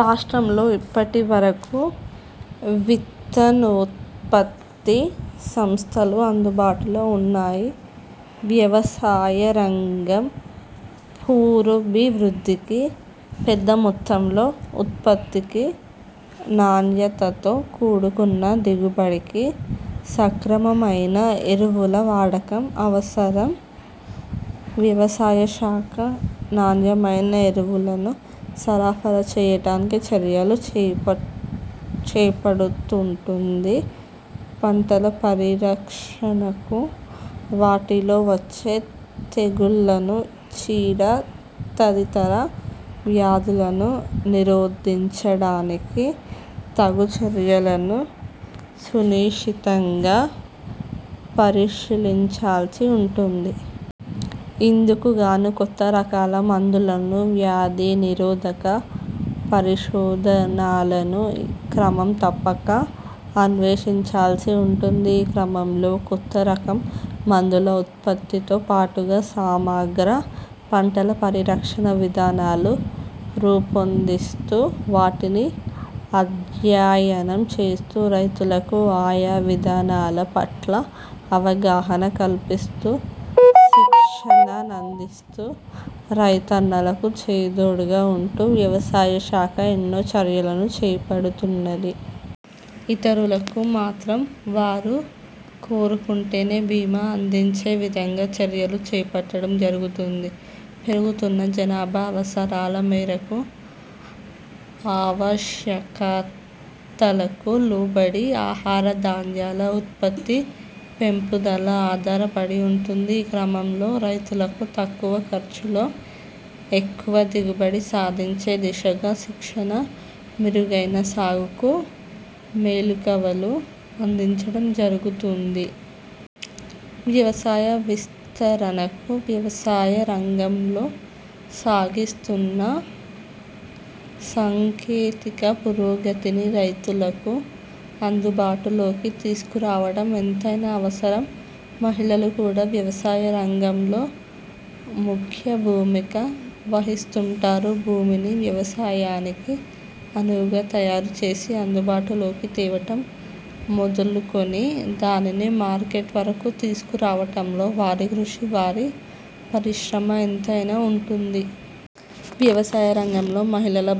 రాష్ట్రంలో ఇప్పటివరకు విత్తనోత్పత్తి సంస్థలు అందుబాటులో ఉన్నాయి. వ్యవసాయరంగం పురోభివృద్ధికి, పెద్దమొత్తంలో ఉత్పత్తికి, నాణ్యతతో కూడుకున్న దిగుబడికి సక్రమమైన ఎరువుల వాడకం అవసర. వ్యవసాయ శాఖ నాణ్యమైన ఎరువులను సరఫరా చేయటానికి చర్యలు చేపడుతుంటుంది. పంటల పరిరక్షణకు, వాటిలో వచ్చే తెగుళ్లను, చీడ తదితర వ్యాధులను నిరోధించడానికి తగు చర్యలను సునిశితంగా పరిశీలించాల్సి ఉంటుంది. ఇందుకుగాను కొత్త రకాల మందులను, వ్యాధి నిరోధక పరిశోధనాలను క్రమం తప్పక అన్వేషించాల్సి ఉంటుంది. ఈ క్రమంలో కొత్త రకం మందుల ఉత్పత్తితో పాటుగా, సమగ్ర పంటల పరిరక్షణ విధానాలు రూపొందిస్తూ, వాటిని అధ్యయనం చేస్తూ, రైతులకు ఆయా విధానాల పట్ల అవగాహన కల్పిస్తూ, శిక్షణనందిస్తూ, రైతన్నలకు చేదోడుగా ఉంటూ వ్యవసాయ శాఖ ఎన్నో చర్యలను చేపడుతున్నది. ఇతరులకు మాత్రం వారు కోరుకుంటేనే భీమా అందించే విధంగా చర్యలు చేపట్టడం జరుగుతుంది. పెరుగుతున్న జనాభా అవసరాల మేరకు, ఆవశ్యకతలకు లోబడి ఆహార ధాన్యాల ఉత్పత్తి, పెంపుదల ఆధారపడి ఉంటుంది. ఈ క్రమంలో రైతులకు తక్కువ ఖర్చులో ఎక్కువ దిగుబడి సాధించే దిశగా శిక్షణ, మెరుగైన సాగుకు మెళుకవలు అందించడం జరుగుతుంది. వ్యవసాయ విస్తరణకు, వ్యవసాయ రంగంలో సాగిస్తున్న సాంకేతిక పురోగతిని, రైతులకు అందుబాటులోకి తీసుకురావడం ఎంతయినా అవసరం. మహిళలు కూడా వ్యవసాయ రంగంలో ముఖ్య భూమిక వహిస్తుంటారు. భూమిని వ్యవసాయానికి అణువుగా తయారు చేసి అందుబాటులోకి తేవటం మొదలుకుని దానిని మార్కెట్ వరకు తీసుకురావటంలో వారి కృషి, వారి పరిశ్రమ ఎంతయినా ఉంటుంది. వ్యవసాయ రంగంలో మహిళల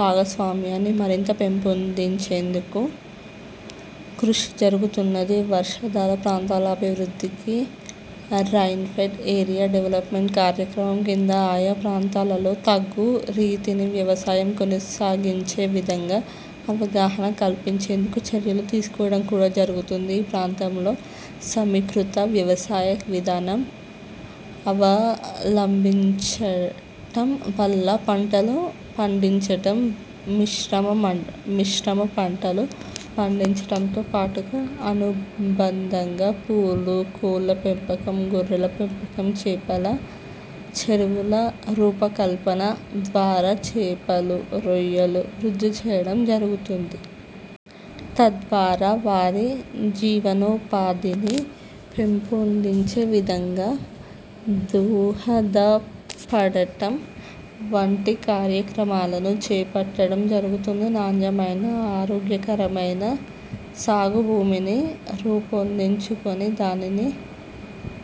భాగస్వామ్యాన్ని మరింత పెంపొందించేందుకు కృషి జరుగుతున్నది. వర్షాధార ప్రాంతాల అభివృద్ధికి ''rain fed area development'' కార్యక్రమం కింద ఆయా ప్రాంతాలలో తగురీతిని వ్యవసాయం కొనసాగించే విధంగా అవగాహన కల్పించేందుకు చర్యలు తీసుకోవడం కూడా జరుగుతుంది. ఈ ప్రాంతంలో సమీకృత వ్యవసాయ విధానం అవలంభించటం వల్ల పంటలు పండించటం, మిశ్రమ పంటలు పండించటంతో పాటుగా అనుబంధంగా పూలు, కోళ్ళ పెంపకం, గొర్రెల పెంపకం, చేపల చెరువుల రూపకల్పన ద్వారా చేపలు, రొయ్యలు, వృద్ధి చేయడం జరుగుతుంది. తద్వారా, వారి జీవనోపాధిని పెంపొందించే విధంగా దోహదపడటం వంటి కార్యక్రమాలను చేపట్టడం జరుగుతుంది. నాణ్యమైన, ఆరోగ్యకరమైన సాగుభూమిని రూపొందించుకొని దానిని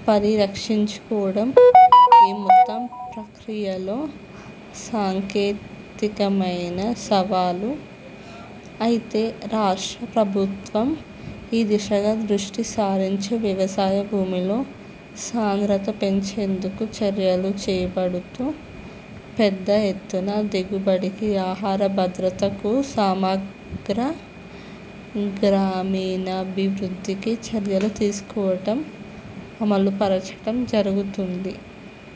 పరిరక్షించుకోవడం ఈ మొత్తం ప్రక్రియలో సాంకేతికమైన సవాలు. అయితే రాష్ట్ర ప్రభుత్వం ఈ దిశగా దృష్టి సారించి వ్యవసాయ భూమిలో సాంద్రత పెంచేందుకు చర్యలు చేపడుతూ పెద్ద ఎత్తున దిగుబడికి, ఆహార భద్రతకు, సమగ్ర గ్రామీణాభివృద్ధికి చర్యలు తీసుకోవటం, అమలుపరచటం జరుగుతుంది.